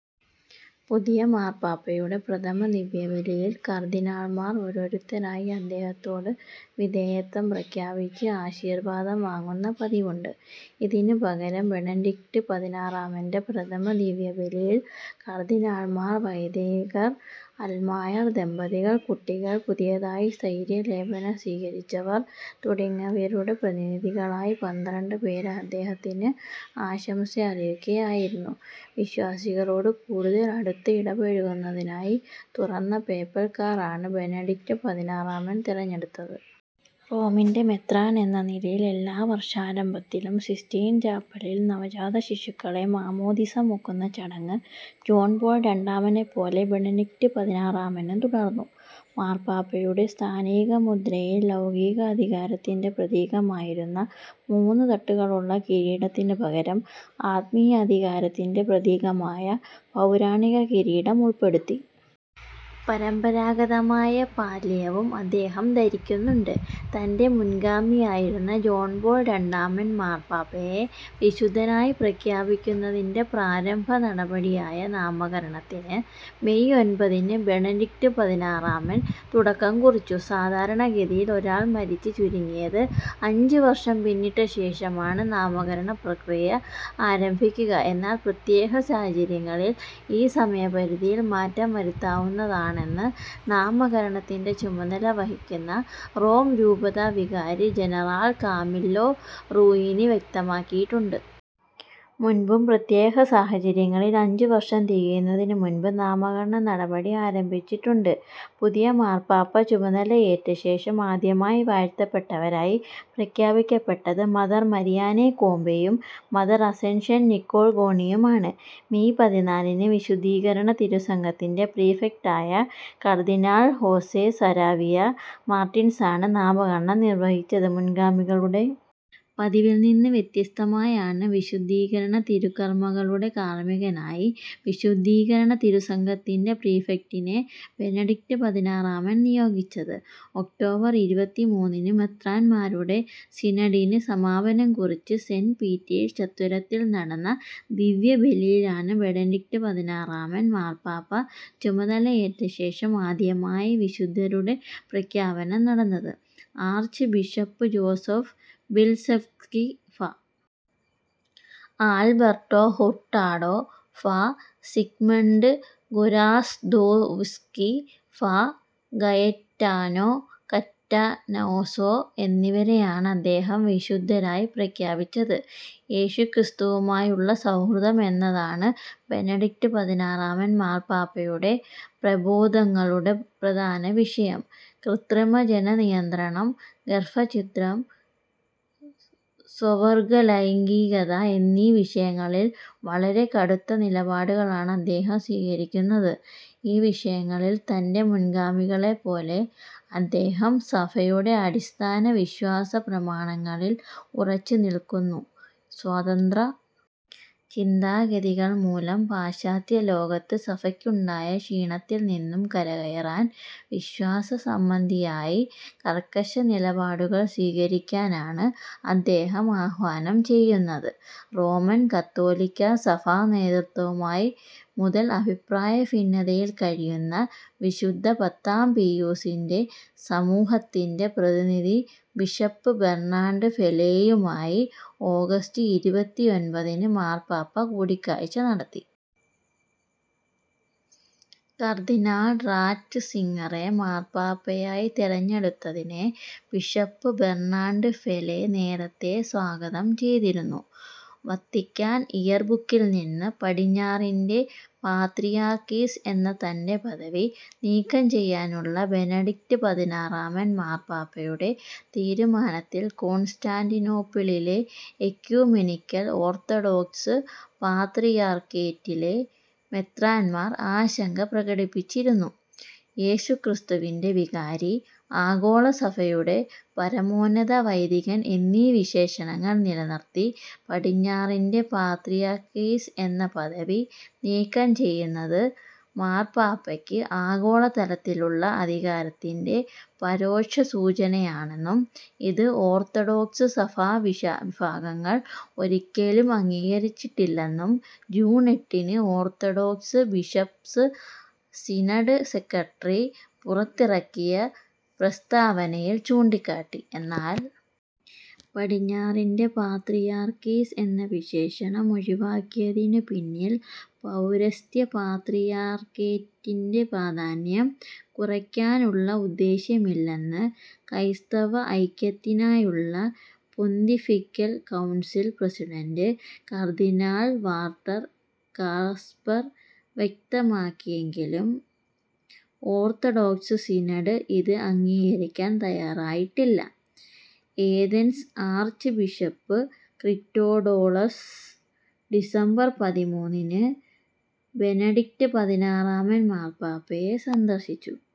പുതിയ മാർപ്പാപ്പയുടെ പ്രഥമ ദിവ്യബലിയിൽ കർദ്ദിനാൾമാർ ഓരോരുത്തരായി അദ്ദേഹത്തോട് വിധേയത്വം പ്രഖ്യാപിച്ച് ആശീർവാദം വാങ്ങുന്ന പതിവുണ്ട്. ഇതിനു പകരം ബെനഡിക്ട് പതിനാറാമൻ്റെ പ്രഥമ ദിവ്യബലിയിൽ കർദ്ദിനാൾമാർ, വൈദീകർ, അൽമായർ, ദമ്പതികൾ, കുട്ടികൾ, പുതിയതായി സ്ഥൈര്യലേപനം സ്വീകരിച്ചവർ തുടങ്ങിയവരുടെ പ്രതിനിധികളായി പന്ത്രണ്ടുപേർ അദ്ദേഹത്തിന് ആശംസയറിയിക്കുകയായിരുന്നു. വിശ്വാസികളോട് കൂടുതൽ അടുത്ത് ഇടപഴകുന്നതിനായി തുറന്ന പേപ്പൽ കാറാണ് ബെനഡിക്ട് പതിനാറാമൻ തെരഞ്ഞെടുത്തത്. റോമിൻ്റെ മെത്രാൻ എന്ന നിലയിൽ എല്ലാ വർഷാരംഭത്തിലും സിസ്റ്റൈൻ ചാപ്പലിൽ നവജാത ശിശുക്കളെ മാമ്മോദീസ മുക്കുന്ന ചടങ്ങ് ജോൺ പോൾ രണ്ടാമനെപ്പോലെ ബെനഡിക്ട് പതിനാറാമനും തുടർന്നു. മാർപ്പാപ്പയുടെ സ്ഥാനിക മുദ്രയിൽ ലൗകിക അധികാരത്തിൻ്റെ പ്രതീകമായിരുന്ന മൂന്ന് തട്ടുകളുള്ള കിരീടത്തിനു പകരം ആത്മീയാധികാരത്തിൻ്റെ പ്രതീകമായ പൗരാണിക കിരീടം ഉൾപ്പെടുത്തി. പരമ്പരാഗതമായ പാല്ലിയവും അദ്ദേഹം ധരിക്കുന്നുണ്ട്. തൻ്റെ മുൻഗാമിയായിരുന്ന ജോൺ പോൾ രണ്ടാമൻ മാർപ്പാപ്പയെ വിശുദ്ധനായി പ്രഖ്യാപിക്കുന്നതിൻ്റെ പ്രാരംഭ നടപടിയായ നാമകരണത്തിന് മേയ് ഒൻമ്പതിന് ബെനഡിക്ട് പതിനാറാമൻ തുടക്കം കുറിച്ചു. സാധാരണ ഗതിയിൽ ഒരാൾ മരിച്ച് ചുരുങ്ങിയത് അഞ്ച് വർഷം പിന്നിട്ട ശേഷമാണ് നാമകരണ പ്രക്രിയ ആരംഭിക്കുക. എന്നാൽ പ്രത്യേക സാഹചര്യങ്ങളിൽ ഈ സമയപരിധിയിൽ മാറ്റം വരുത്താവുന്നതാണെന്ന് നാമകരണത്തിൻ്റെ ചുമതല വഹിക്കുന്ന റോം രൂപതാ വികാരി ജനറാൾ കാമില്ലോ റൂയിനി വ്യക്താക്കിയിട്ടുണ്ട്. മുൻപും പ്രത്യേക സാഹചര്യങ്ങളിൽ അഞ്ച് വർഷം തികയുന്നതിനു മുൻപ് നാമകരണ നടപടി ആരംഭിച്ചിട്ടുണ്ട്. പുതിയ മാർപ്പാപ്പ ചുമതലയേറ്റശേഷം ആദ്യമായി വാഴ്ത്തപ്പെട്ടവരായി പ്രഖ്യാപിക്കപ്പെട്ടത് മദർ മരിയാനെ കോപെയും മദർ അസെൻഷൻ നിക്കോൾ ഗോണിയുമാണ്. മേയ് പതിനാലിന് വിശുദ്ധീകരണ തിരുസംഘത്തിൻ്റെ പ്രീഫെക്ടായ കർദ്ദിനാൾ ഹോസെ സരാവിയ മാർട്ടിൻസാണ് നാമകരണം നിർവഹിച്ചത്. മുൻഗാമികളുടെ പതിവിൽനിന്ന് വ്യത്യസ്തമായാണ് വിശുദ്ധീകരണ തിരുക്കർമകളുടെ കാർമികനായി വിശുദ്ധീകരണ തിരുസംഘത്തിൻ്റെ പ്രീഫെക്ടിനെ ബെനഡിക്ട് പതിനാറാമൻ നിയോഗിച്ചത്. ഒക്ടോബർ ഇരുപത്തിമൂന്നിന് മെത്രാൻമാരുടെ സിനഡിന് സമാപനം കുറിച്ച് സെന്റ് പീറ്റേഴ്സ് ചത്വരത്തിൽ നടന്ന ദിവ്യബലിയിലാണ് ബെനഡിക്ട് പതിനാറാമൻ മാർപ്പാപ്പ ചുമതലയേറ്റശേഷം ആദ്യമായി വിശുദ്ധരുടെ പ്രഖ്യാപനം നടന്നത്. ആർച്ച് ബിഷപ്പ് ജോസഫ് ബിൽസെവ്സ്കി, ഫാ. ആൽബെർട്ടോ ഹുർട്ടാഡോ, ഫാ. സിഗ്മണ്ട് ഗൊരാസ്ദോവ്സ്കി, ഫാ. ഗയെറ്റാനോ കറ്റനോസോ എന്നിവരെയാണ് അദ്ദേഹം വിശുദ്ധരായി പ്രഖ്യാപിച്ചത്. യേശുക്രിസ്തുവുമായുള്ള സൗഹൃദം എന്നതാണ് ബെനഡിക്ട് പതിനാറാമൻ മാർപ്പാപ്പയുടെ പ്രബോധങ്ങളുടെ പ്രധാന വിഷയം. കൃത്രിമ ജനനനിയന്ത്രണം, ഗർഭഛിദ്രം, സ്വവർഗ ലൈംഗീകത എന്നീ വിഷയങ്ങളിൽ വളരെ കടുത്ത നിലപാടുകളാണ് അദ്ദേഹം സ്വീകരിക്കുന്നത്. ഈ വിഷയങ്ങളിൽ തൻ്റെ മുൻഗാമിളെപ്പോലെ അദ്ദേഹം സഭയുടെ അടിസ്ഥാന വിശ്വാസ പ്രമാണങ്ങളിൽ ഉറച്ചുനിൽക്കുന്നു. സ്വതന്ത്ര ചിന്താഗതികൾ മൂലം പാശ്ചാത്യ ലോകത്ത് സഭയ്ക്കുണ്ടായ ക്ഷീണത്തിൽനിന്നും കരകയറാൻ വിശ്വാസ സംബന്ധിയായി കർക്കശ നിലപാടുകൾ സ്വീകരിക്കാനാണ് അദ്ദേഹം ആഹ്വാനം ചെയ്യുന്നത്. റോമൻ കത്തോലിക്കാ സഭാ നേതൃത്വവുമായി മുതൽ അഭിപ്രായ ഭിന്നതയിൽ കഴിയുന്ന വിശുദ്ധ പത്താം പീയുസിൻ്റെ സമൂഹത്തിൻ്റെ പ്രതിനിധി ബിഷപ്പ് ബെർനാഡ് ഫെലേയുമായി ഓഗസ്റ്റ് ഇരുപത്തിയൊൻമ്പതിന് മാർപ്പാപ്പ കൂടിക്കാഴ്ച നടത്തി. കർദ്ദിനാൾ റാറ്റ്സിംഗറെ മാർപ്പാപ്പയായി തെരഞ്ഞെടുത്തതിനെ ബിഷപ്പ് ബെർനാഡ് ഫെലേ നേരത്തെ സ്വാഗതം ചെയ്തിരുന്നു. വത്തിക്കാൻ ഇയർ ബുക്കിൽനിന്ന് പടിഞ്ഞാറിൻ്റെ പാത്രിയാർക്കീസ് എന്ന തൻ്റെ പദവി നീക്കം ചെയ്യാനുള്ള ബെനഡിക്ട് പതിനാറാമൻ മാർപ്പാപ്പയുടെ തീരുമാനത്തിൽ കോൺസ്റ്റാന്റിനോപ്പിളിലെ എക്യുമെനിക്കൽ ഓർത്തഡോക്സ് പാത്രിയാർക്കേറ്റിലെ മെത്രാൻമാർ ആശങ്ക പ്രകടിപ്പിച്ചിരുന്നു. യേശുക്രിസ്തുവിൻ്റെ വികാരി, ആഗോള സഭയുടെ പരമോന്നത വൈദികൻ എന്നീ വിശേഷണങ്ങൾ നിലനിർത്തി പടിഞ്ഞാറിൻ്റെ പാത്രിയാർക്കീസ് എന്ന പദവി നീക്കം ചെയ്യുന്നത് മാർപ്പാപ്പയ്ക്ക് ആഗോള തലത്തിലുള്ള അധികാരത്തിൻ്റെ പരോക്ഷ സൂചനയാണെന്നും ഇത് ഓർത്തഡോക്സ് സഫാ വിഭാഗങ്ങൾ ഒരിക്കലും അംഗീകരിച്ചിട്ടില്ലെന്നും ജൂൺ എട്ടിന് ഓർത്തഡോക്സ് ബിഷപ്പ്സ് സിനഡ് സെക്രട്ടറി പുറത്തിറക്കിയ പ്രസ്താവനയിൽ ചൂണ്ടിക്കാട്ടി. എന്നാൽ പടിഞ്ഞാറിൻ്റെ പാത്രിയാർക്കീസ് എന്ന വിശേഷണം ഒഴിവാക്കിയതിനു പിന്നിൽ പൗരസ്ത്യ പാത്രിയാർക്കേറ്റിൻ്റെ പ്രാധാന്യം കുറയ്ക്കാനുള്ള ഉദ്ദേശ്യമില്ലെന്ന് ക്രൈസ്തവ ഐക്യത്തിനായുള്ള പൊന്തിഫിക്കൽ കൗൺസിൽ പ്രസിഡന്റ് കർദ്ദിനാൾ വാൾട്ടർ കാസ്പെർ വ്യക്തമാക്കിയെങ്കിലും ഓർത്തഡോക്സ് സിനഡ് ഇത് അംഗീകരിക്കാൻ തയ്യാറായിട്ടില്ല. Athens archbishop Christodoulos December പതിമൂന്നിന് ബെനഡിക്ട് പതിനാറാമൻ മാർപ്പാപ്പയെ സന്ദർശിച്ചു.